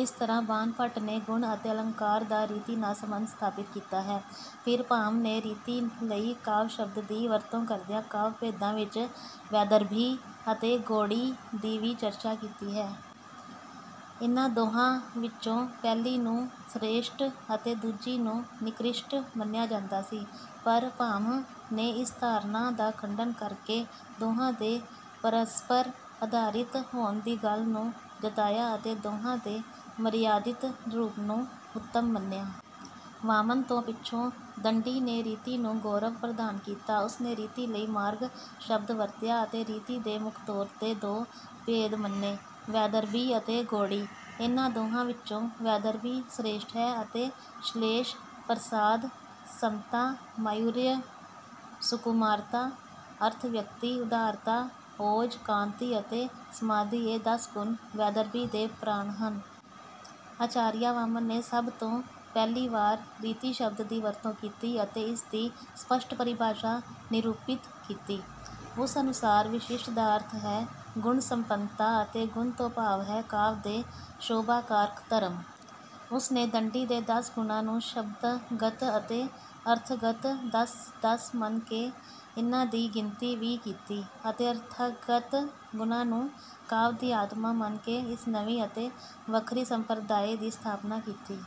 ਇਸ ਤਰ੍ਹਾਂ ਬਾਣਭੱਟ ਨੇ ਗੁਣ ਅਤੇ ਅਲੰਕਾਰ ਦਾ ਰੀਤੀ ਨਾਲ ਸਬੰਧ ਸਥਾਪਿਤ ਕੀਤਾ ਹੈ। ਫਿਰ ਭਾਮਹ ਨੇ ਰੀਤੀ ਲਈ ਕਾਵਿ ਸ਼ਬਦ ਦੀ ਵਰਤੋਂ ਕਰਦਿਆਂ ਕਾਵਿ ਭੇਦਾਂ ਵਿੱਚ ਵੈਦਰਭੀ ਅਤੇ ਗੌੜੀ ਦੀ ਵੀ ਚਰਚਾ ਕੀਤੀ ਹੈ। ਇਨ੍ਹਾਂ ਦੋਹਾਂ ਵਿੱਚੋਂ ਪਹਿਲੀ ਨੂੰ ਸ੍ਰੇਸ਼ਟ ਅਤੇ ਦੂਜੀ ਨੂੰ ਨਿਕ੍ਰਿਸ਼ਟ ਮੰਨਿਆ ਜਾਂਦਾ ਸੀ, ਪਰ ਭਾਮਹ ਨੇ ਇਸ ਧਾਰਨਾ ਦਾ ਖੰਡਨ ਕਰਕੇ ਦੋਹਾਂ ਦੇ ਪਰਸਪਰ ਅਧਾਰਿਤ ਹੋਣ ਦੀ ਗੱਲ ਨੂੰ ਜਤਾਇਆ ਅਤੇ ਦੋਹਾਂ ਦੇ ਮਰਯਾਦਿਤ ਰੂਪ ਨੂੰ ਉੱਤਮ ਮੰਨਿਆ। ਵਾਮਨ ਤੋਂ ਪਿੱਛੋਂ ਦੰਡੀ ਨੇ ਰੀਤੀ ਨੂੰ ਗੌਰਵ ਪ੍ਰਦਾਨ ਕੀਤਾ। ਉਸਨੇ ਰੀਤੀ ਲਈ 'ਮਾਰਗ' ਸ਼ਬਦ ਵਰਤਿਆ ਅਤੇ ਰੀਤੀ ਦੇ ਮੁੱਖ ਤੌਰ 'ਤੇ ਦੋ ਭੇਦ ਮੰਨੇ - ਵੈਦਰਭੀ ਅਤੇ ਗੌੜੀ। ਇਨ੍ਹਾਂ ਦੋਹਾਂ ਵਿੱਚੋਂ ਵੈਦਰਭੀ ਸ੍ਰੇਸ਼ਠ ਹੈ ਅਤੇ ਸ਼ਲੇਸ਼, ਪ੍ਰਸਾਦ, ਸਮਤਾ, ਮਾਧੁਰਯ, ਸੁਕੁਮਾਰਤਾ, ਅਰਥ-ਵਿਅਕਤੀ, ਉਦਾਰਤਾ, ਓਜ, ਕਾਂਤੀ ਅਤੇ ਸਮਾਧੀ ਇਹ ਦਸ ਗੁਣ ਵੈਦਰਭੀ ਦੇ ਪ੍ਰਾਣ ਹਨ। ਆਚਾਰੀਆ ਵਾਮਨ ਨੇ ਸਭ ਤੋਂ ਪਹਿਲੀ ਵਾਰ ਰੀਤੀ ਸ਼ਬਦ ਦੀ ਵਰਤੋਂ ਕੀਤੀ ਅਤੇ ਇਸ ਦੀ ਸਪੱਸ਼ਟ ਪਰਿਭਾਸ਼ਾ ਨਿਰੂਪਿਤ ਕੀਤੀ। ਉਸ ਅਨੁਸਾਰ ਵਿਸ਼ਿਸ਼ਟ ਦਾ ਅਰਥ ਹੈ ਗੁਣ-ਸੰਪੰਨਤਾ ਅਤੇ ਗੁਣ ਤੋਂ ਭਾਵ ਹੈ ਕਾਵਿ ਦੇ ਸ਼ੋਭਾ-ਕਾਰਕ ਧਰਮ। ਉਸਨੇ ਦੰਡੀ ਦੇ ਦਸ ਗੁਣਾਂ ਨੂੰ ਸ਼ਬਦਗਤ ਅਤੇ ਅਰਥਗਤ ਦਸ-ਦਸ ਮੰਨ ਕੇ ਇਨ੍ਹਾਂ ਦੀ ਗਿਣਤੀ ਵੀਹ ਕੀਤੀ ਅਤੇ ਅਰਥਗਤ ਗੁਣਾਂ ਨੂੰ ਕਾਵਿ ਦੀ ਆਤਮਾ ਮੰਨ ਕੇ ਇਸ ਨਵੀਂ ਅਤੇ ਵੱਖਰੀ ਸੰਪ੍ਰਦਾਇ ਦੀ ਸਥਾਪਨਾ ਕੀਤੀ।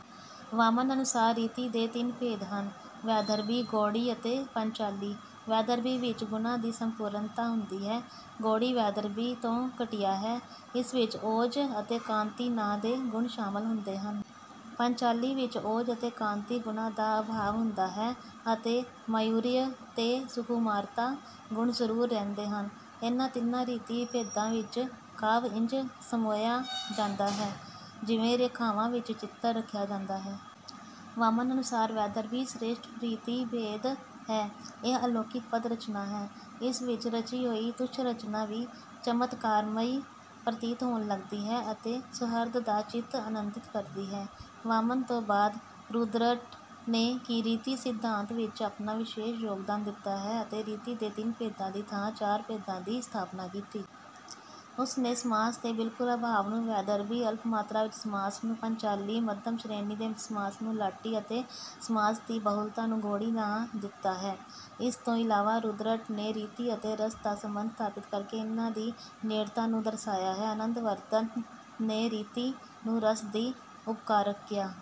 ਵਾਮਨ ਅਨੁਸਾਰ ਰੀਤੀ ਦੇ ਤਿੰਨ ਭੇਦ ਹਨ - ਵੈਦਰਭੀ, ਗੌੜੀ ਅਤੇ ਪਾਂਚਾਲੀ। ਵੈਦਰਭੀ ਵਿੱਚ ਗੁਣਾਂ ਦੀ ਸੰਪੂਰਨਤਾ ਹੁੰਦੀ ਹੈ। ਗੌੜੀ ਵੈਦਰਭੀ ਤੋਂ ਘਟੀਆ ਹੈ। ਇਸ ਵਿੱਚ ਓਜ ਅਤੇ ਕਾਂਤੀ ਨਾਂ ਦੇ ਗੁਣ ਸ਼ਾਮਲ ਹੁੰਦੇ ਹਨ। ਪਾਂਚਾਲੀ ਵਿੱਚ ਓਜ ਅਤੇ ਕਾਂਤੀ ਗੁਣਾਂ ਦਾ ਅਭਾਵ ਹੁੰਦਾ ਹੈ ਅਤੇ ਮਾਧੁਰਯ ਤੇ ਸੁਕੁਮਾਰਤਾ ਗੁਣ ਜ਼ਰੂਰ ਰਹਿੰਦੇ ਹਨ। ਇਨ੍ਹਾਂ ਤਿੰਨਾਂ ਰੀਤੀ ਭੇਦਾਂ ਵਿੱਚ ਕਾਵਿ ਇੰਜ ਸਮੋਇਆ ਜਾਂਦਾ ਹੈ ਜਿਵੇਂ ਰੇਖਾਵਾਂ ਵਿੱਚ ਚਿੱਤਰ ਰੱਖਿਆ ਜਾਂਦਾ ਹੈ। ਵਾਮਨ ਅਨੁਸਾਰ ਵੈਦਰਭੀ ਸ੍ਰੇਸ਼ਟ ਰੀਤੀ ਭੇਦ ਹੈ। ਇਹ ਅਲੌਕਿਕ ਪਦ-ਰਚਨਾ ਹੈ। ਇਸ ਵਿੱਚ ਰਚੀ ਹੋਈ ਤੁੱਛ ਰਚਨਾ ਵੀ ਚਮਤਕਾਰਮਈ ਪ੍ਰਤੀਤ ਹੋਣ ਲੱਗਦੀ ਹੈ ਅਤੇ ਸੁਹਿਰਦ ਦਾ ਚਿੱਤ ਆਨੰਦਿਤ ਕਰਦੀ ਹੈ। ਵਾਮਨ ਤੋਂ ਬਾਅਦ ਰੁਦ੍ਰਟ ਨੇ ਰੀਤੀ ਸਿਧਾਂਤ ਵਿੱਚ ਆਪਣਾ ਵਿਸ਼ੇਸ਼ ਯੋਗਦਾਨ ਦਿੱਤਾ ਅਤੇ ਰੀਤੀ ਦੇ ਤਿੰਨ ਭੇਦਾਂ ਦੀ ਥਾਂ ਚਾਰ ਭੇਦਾਂ ਦੀ ਸਥਾਪਨਾ ਕੀਤੀ। ਉਸਨੇ ਸਮਾਸ ਦੇ ਬਿਲਕੁਲ ਅਭਾਵ ਨੂੰ ਵੈਦਰਭੀ, ਅਲਪ ਮਾਤਰਾ ਵਿੱਚ ਸਮਾਸ ਨੂੰ ਪਾਂਚਾਲੀ, ਮੱਧਮ ਸ਼੍ਰੇਣੀ ਦੇ ਸਮਾਸ ਨੂੰ ਲਾਟੀ ਅਤੇ ਸਮਾਸ ਦੀ ਬਹੁਲਤਾ ਨੂੰ ਗੌੜੀ ਨਾਂ ਦਿੱਤਾ ਹੈ। ਇਸ ਤੋਂ ਇਲਾਵਾ ਰੁਦ੍ਰਟ ਨੇ ਰੀਤੀ ਅਤੇ ਰਸ ਦਾ ਸਬੰਧ ਸਥਾਪਿਤ ਕਰਕੇ ਇਨ੍ਹਾਂ ਦੀ ਨੇੜਤਾ ਨੂੰ ਦਰਸਾਇਆ ਹੈ। ਆਨੰਦਵਰਧਨ ਨੇ ਰੀਤੀ ਨੂੰ ਰਸ ਦੀ ਉਪਕਾਰਕ ਕਿਹਾ।